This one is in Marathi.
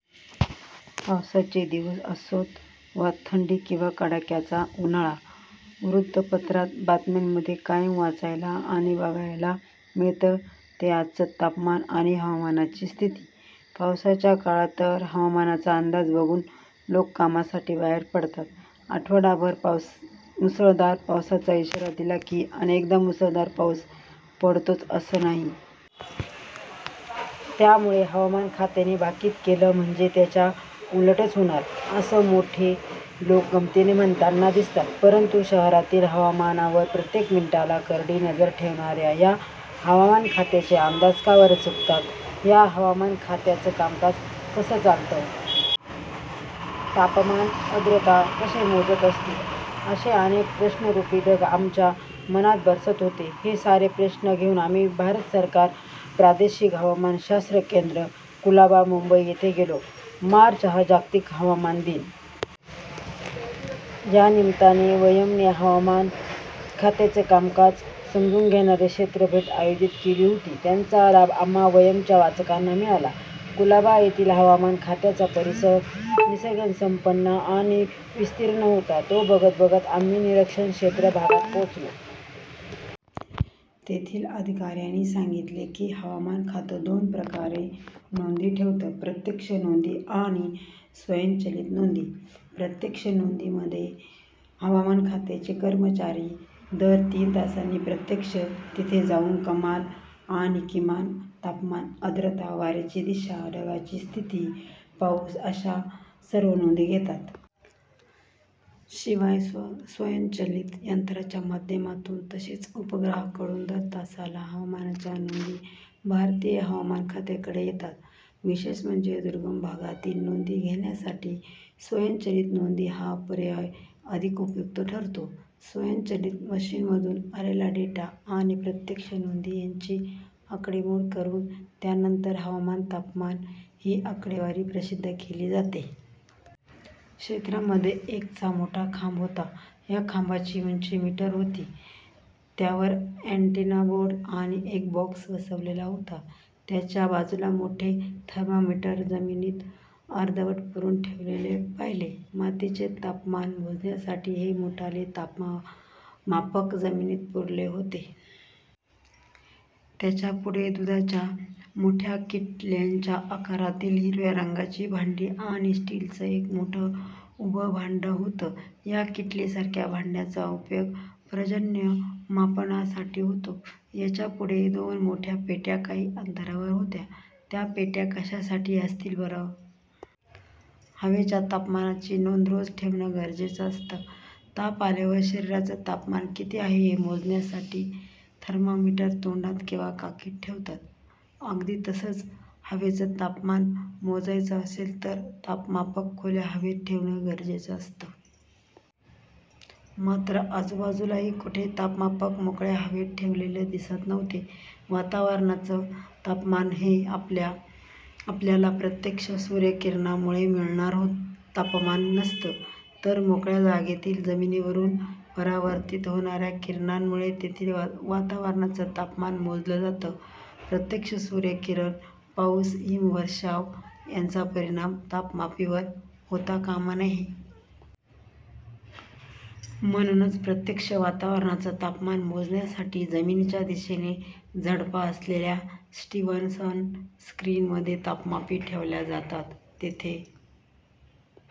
पावसाचे दिवस असोत, वा थंडी किंवा कडाक्याचा उन्हाळा, वृत्तपत्रात बातम्यांमध्ये कायम वाचायला आणि बघायला मिळतं ते आजचं तापमान आणि हवामानाची स्थिती. पावसाच्या काळात तर हवामानाचा अंदाज बघून लोक कामासाठी बाहेर पडतात. आठवडाभर मुसळधार पावसाचा इशारा दिला की, अनेकदा मुसळधार पाऊस पडतोच असं नाही. त्यामुळे हवामान खात्याने भाकीत केलं म्हणजे त्याच्या उलटच होणार, असं मोठे लोक गमतीने म्हणताना दिसतात. परंतु शहरातील हवामानावर प्रत्येक मिनिटाला करडी नजर ठेवणाऱ्या या हवामान खात्याचे अंदाज का बरं चुकतात? या हवामान खात्याचं कामकाज कसं चालतं? तापमान, आर्द्रता कसे मोजत असतील? असे अनेक प्रश्नरूपी ढग आमच्या मनात बरसत होते. हे सारे प्रश्न घेऊन आम्ही 'भारत सरकार प्रादेशिक हवामान शास्त्र केंद्र- कुलाबा, मुंबई' इथे गेलो. मार्च हा जागतिक हवामान दिन. या निमित्ताने 'वयम्'ने हवामान खात्याचं कामकाज समजून घेणारी क्षेत्रभेट आयोजित केली होती. त्याचा लाभ आम्हां 'वयम्'च्या वाचकांना मिळाला. कुलाबा येथील हवामान खात्याचा परिसर निसर्गसंपन्न आणि विस्तीर्ण होता. तो बघत बघत आम्ही 'निरीक्षण क्षेत्र' भागात पोहोचलो. तेथील अधिकाऱ्यांनी सांगितलं की, हवामान खातं दोन प्रकारे नोंदी ठेवतं- प्रत्यक्ष नोंदी आणि स्वयंचलित नोंदी. प्रत्यक्ष नोंदीमध्ये हवामान खात्याचे कर्मचारी दर तीन तासांनी प्रत्यक्ष तिथे जाऊन कमाल आणि किमान तापमान, आर्द्रता, वाऱ्यांची दिशा, ढगांची स्थिती, पाऊस अशा सर्व नोंदी घेतात. शिवाय, स्वयंचलित यंत्राच्या माध्यमातून, तसेच उपग्रहाकडून दर तासाला हवामानाच्या नोंदी भारतीय हवामान खात्याकडे येतात. विशेष म्हणजे दुर्गम भागातील नोंदी घेण्यासाठी स्वयंचलित नोंदी हा पर्याय अधिक उपयुक्त ठरतो. स्वयंचलित मशीनमधून आलेला डेटा आणि प्रत्यक्ष नोंदी यांची आकडेमोड करून त्यानंतर हवामान, तापमान ही आकडेवारी प्रसिद्ध केली जाते. क्षेत्रामध्ये एक चा मोठा खांब होता. या खांबाची उंची मीटर होती. त्यावर अँटीना, बोर्ड आणि एक बॉक्स बसवलेला होता. त्याच्या बाजूला मोठे थर्मामीटर जमिनीत अर्धवट पुरून ठेवलेले पाहिले. मातीचे तापमान मोजण्यासाठी हे मोठाले तापमापक जमिनीत पुरले होते. त्याच्या पुढे दुधाच्या मोठ्या किटल्यांच्या आकारांतली हिरव्या रंगाची भांडी आणि स्टीलचं एक मोठं उभं भांडं होतं. या किटलीसारख्या भांड्यांचा उपयोग पर्जन्यमापनासाठी होतो. याच्यापुढे दोन मोठ्या पेट्या काही अंतरावर होत्या. त्या पेट्या कशासाठी असतील बरं? हवेच्या तापमानाची नोंद रोज ठेवणं गरजेचं असतं. ताप आल्यावर शरीराचं तापमान किती आहे हे मोजण्यासाठी थर्मामीटर तोंडात किंवा काखेत ठेवतात. अगदी तसंच, हवेचं तापमान मोजायचं असेल तर तापमापक खुल्या हवेत ठेवणं गरजेचं असतं. मात्र आजूबाजूलाही कुठे तापमापक मोकळ्या हवेत ठेवलेले दिसत नव्हते. वातावरणाचं तापमान हे आपल्याला प्रत्यक्ष सूर्यकिरणांमुळे मिळणारं तापमान नसतं; तर मोकळ्या जागेतील जमिनीवरून परावर्तीत होणाऱ्या किरणांमुळे तेथील वातावरणाचं तापमान मोजलं जातं. प्रत्यक्ष सूर्यकिरण, पाऊस, हिमवर्षाव यांचा परिणाम तापमापीवर होता कामा नये. म्हणूनच प्रत्यक्ष वातावरणाचं तापमान मोजण्यासाठी जमिनीच्या दिशेने झडपा असलेल्या 'स्टीवनसन स्क्रीन'मध्ये तापमापी ठेवल्या जातात. तिथे